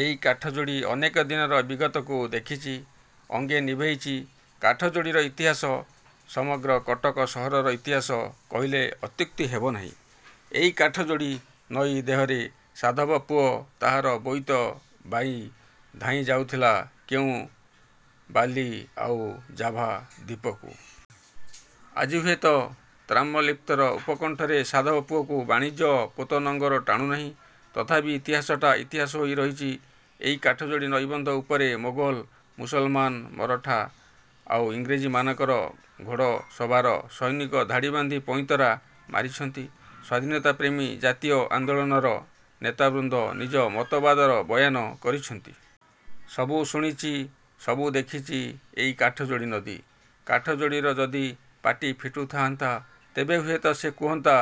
ଏଇ କାଠଯୋଡ଼ି ଅନେକ ଦିନର ବିଗତକୁ ଦେଖିଛି, ଅଙ୍ଗେ ନିଭେଇଛି। କାଠଯୋଡ଼ିର ଇତିହାସ, ସମଗ୍ର କଟକ ସହରର ଇତିହାସ କହିଲେ ଅତ୍ୟୁକ୍ତି ହେବନାହିଁ। ଏଇ କାଠଯୋଡ଼ି ନଈ ଦେହରେ ସାଧବ ପୁଅ ତାହାର ବୋଇତ ବାଇ ଧାଇଁ ଯାଉଥିଲା କେଉଁ ବାଲି ଆଉ ଜାଭା ଦ୍ୱୀପକୁ। ଆଜି ହୁଏତ ତାମ୍ରଲିପ୍ତର ଉପକଣ୍ଠରେ ସାଧବ ପୁଅକୁ ବାଣିଜ୍ୟ ପୋତ ନଙ୍ଗର ଟାଣୁନାହିଁ। ତଥାପି ଇତିହାସଟା ଇତିହାସ ହୋଇ ରହିଛି। ଏଇ କାଠଯୋଡ଼ି ନଇବନ୍ଧ ଉପରେ ମୋଗଲ, ମୁସଲମାନ୍, ମରଠା ଆଉ ଇଂରେଜୀମାନଙ୍କର ଘୋଡ଼ ସବାର ସୈନିକ ଧାଡ଼ି ବାନ୍ଧି ପଇଁତରା ମାରିଛନ୍ତି। ସ୍ୱାଧୀନତା ପ୍ରେମୀ ଜାତୀୟ ଆନ୍ଦୋଳନର ନେତାବୃନ୍ଦ ନିଜ ମତବାଦର ବୟାନ କରିଛନ୍ତି। ସବୁ ଶୁଣିଛି ସବୁ ଦେଖିଛି ଏଇ କାଠଯୋଡ଼ି ନଦୀ। କାଠଯୋଡ଼ିର ଯଦି ପାଟି ଫିଟୁଥାଆନ୍ତା-ତେବେ ହୁଏତ ସେ କୁହନ୍ତା,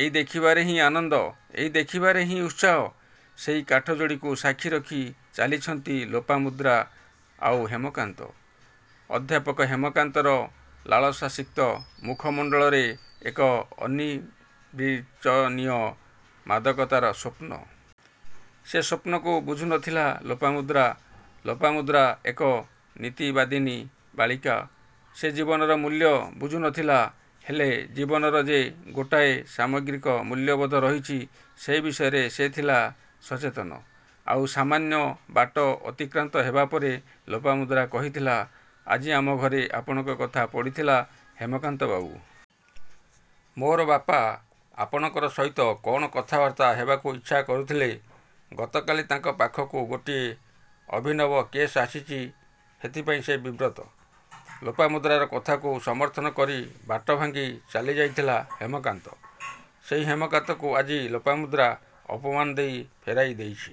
ଏଇ ଦେଖିବାରେ ହିଁ ଆନନ୍ଦ। ଏଇ ଦେଖିବାରେ ହିଁ ଉତ୍ସାହ। ସେହି କାଠଯୋଡ଼ିକୁ ସାକ୍ଷୀ ରଖି ଚାଲିଛନ୍ତି ଲୋପାମୁଦ୍ରା ଆଉ ହେମକାନ୍ତ। ଅଧ୍ୟାପକ ହେମକାନ୍ତର ଲାଳସାସିକ୍ତ ମୁଖମଣ୍ଡଳରେ ଏକ ଅନିର୍ବିଚନୀୟ ମାଦକତାର ସ୍ୱପ୍ନ। ସେ ସ୍ୱପ୍ନକୁ ବୁଝୁନଥିଲା ଲୋପାମୁଦ୍ରା। ଲୋପାମୁଦ୍ରା ଏକ ନୀତିବାଦିନୀ ବାଳିକା। ସେ ଜୀବନର ମୂଲ୍ୟ ବୁଝୁ ନ ଥିଲା। ହେଲେ ଜୀବନର ଯେ ଗୋଟାଏ ସାମଗ୍ରୀକ ମୂଲ୍ୟବୋଧ ରହିଛି-ସେ ବିଷୟରେ ସେ ଥିଲା ସଚେତନ। ଆଉ ସାମାନ୍ୟ ବାଟ ଅତିକ୍ରାନ୍ତ ହେବା ପରେ ଲୋପାମୁଦ୍ରା କହିଥିଲା-''ଆଜି ଆମ ଘରେ ଆପଣଙ୍କ କଥା ପଡ଼ିଥିଲା ହେମକାନ୍ତ ବାବୁ! ମୋର ବାପା ଆପଣଙ୍କର ସହିତ କ'ଣ କଥାବାର୍ତ୍ତା ହେବାକୁ ଇଚ୍ଛା କରୁଥିଲେ। ଗତ କାଲି ତାଙ୍କ ପାଖକୁ ଗୋଟିଏ ଅଭିନବ କେସ୍ ଆସିଛି ସେଥିପାଇଁ ସେ ବିବ୍ରତ। '' ଲୋପାମୁଦ୍ରାର କଥାକୁ ସମର୍ଥନ କରି ବାଟ ଭାଙ୍ଗି ଚାଲିଯାଇଥିଲା ହେମକାନ୍ତ। ସେହି ହେମକାନ୍ତକୁ ଆଜି ଲୋପାମୁଦ୍ରା ଅପମାନ ଦେଇ ଫେରାଇ ଦେଇଛି।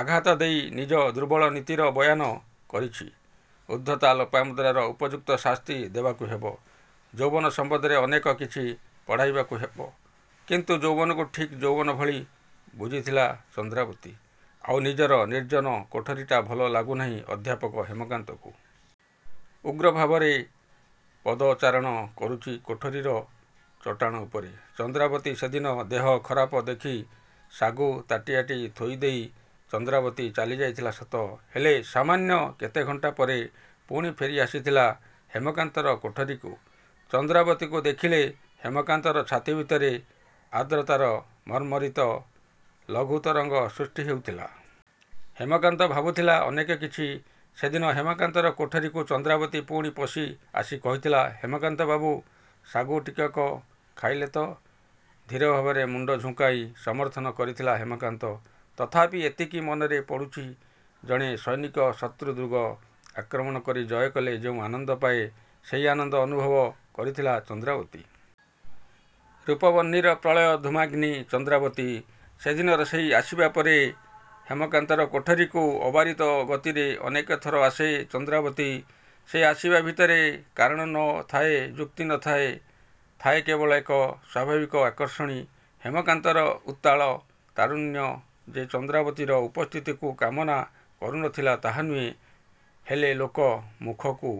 ଆଘାତ ଦେଇ ନିଜ ଦୁର୍ବଳ ନୀତିର ବୟାନ କରିଛି। ଉଦ୍ଧତା ଲୋପାମୁଦ୍ରାର ଉପଯୁକ୍ତ ଶାସ୍ତି ଦେବାକୁ ହେବ-। ଯୌବନ ସମ୍ବନ୍ଧରେ ଅନେକ କିଛି ପଢ଼ାଇବାକୁ ହେବ। କିନ୍ତୁ ଯୌବନକୁ ଠିକ୍ ଯୌବନ ଭଳି ବୁଝିଥିଲା ଚନ୍ଦ୍ରାବତୀ। ଆଉ ନିଜର ନିର୍ଜନ କୋଠରୀଟା ଭଲ ଲାଗୁନାହିଁ ଅଧ୍ୟାପକ ହେମକାନ୍ତକୁ। ଉଗ୍ର ଭାବରେ ପଦଚାରଣ କରୁଛି କୋଠରୀର ଚଟାଣ ଉପରେ। ଚନ୍ଦ୍ରାବତୀ ସେଦିନ ଦେହ ଖରାପ ଦେଖି ସାଗୁ ତାଟିଆଟି ଥୋଇ ଦେଇ ଚନ୍ଦ୍ରାବତୀ ଚାଲିଯାଇଥିଲା ସତ, ହେଲେ ସାମାନ୍ୟ କେତେ ଘଣ୍ଟା ପରେ ପୁଣି ଫେରି ଆସିଥିଲା ହେମକାନ୍ତର କୋଠରୀକୁ। ଚନ୍ଦ୍ରାବତୀକୁ ଦେଖିଲେ ହେମକାନ୍ତର ଛାତି ଭିତରେ ଆର୍ଦ୍ରତାର ମର୍ମରିତ ଲଘୁତରଙ୍ଗ ସୃଷ୍ଟି ହେଉଥିଲା। ହେମକାନ୍ତ ଭାବୁଥିଲା ଅନେକ କିଛି। ସେଦିନ ହେମାକନ୍ତର କୋଠରୀକୁ ଚନ୍ଦ୍ରାବତୀ ପୁଣି ପଶି ଆସି କହିଥିଲା-ହେମକାନ୍ତ ବାବୁ! ସାଗୁ ଟିକକ ଖାଇଲେ ତ? ଧୀର ଭାବରେ ମୁଣ୍ଡ ଝୁଙ୍କାଇ ସମର୍ଥନ କରିଥିଲା ହେମକାନ୍ତ। ତଥାପି ଏତିକି ମନରେ ପଡ଼ୁଛି। ଜଣେ ସୈନିକ ଶତ୍ରୁ ଦୁର୍ଗ ଆକ୍ରମଣ କରି ଜୟ କଲେ ଯେଉଁ ଆନନ୍ଦ ପାଏ, ସେହି ଆନନ୍ଦ ଅନୁଭବ କରିଥିଲା ଚନ୍ଦ୍ରାବତୀ। ରୂପବହ୍ନିର ପ୍ରଳୟ ଧୂମାଗ୍ନି ଚନ୍ଦ୍ରାବତୀ। ସେଦିନର ସେହି ଆସିବା ପରେ ହେମକାନ୍ତର କୋଠରୀକୁ ଅବାରିତ ଗତିରେ ଅନେକ ଥର ଆସେ ବନ୍ଦ୍ରାବତୀ। ସେ ଆସିବା ଭିତରେ କାରଣ ନ ଥାଏ, ଯୁକ୍ତି ନ ଥାଏ। ଥାଏ କେବଳ ଏକ ସ୍ୱାଭାବିକ ଆକର୍ଷଣୀ। ହେମକାନ୍ତର ଉତ୍ତାଳ ତାରୁଣ୍ୟ ଯେ ଚନ୍ଦ୍ରାବତୀର ଉପସ୍ଥିତିକୁ କାମନା କରୁ ନ ଥିଲା, ତାହା ନୁହେଁ। ହେଲେ ଲୋକ ମୁଖକୁ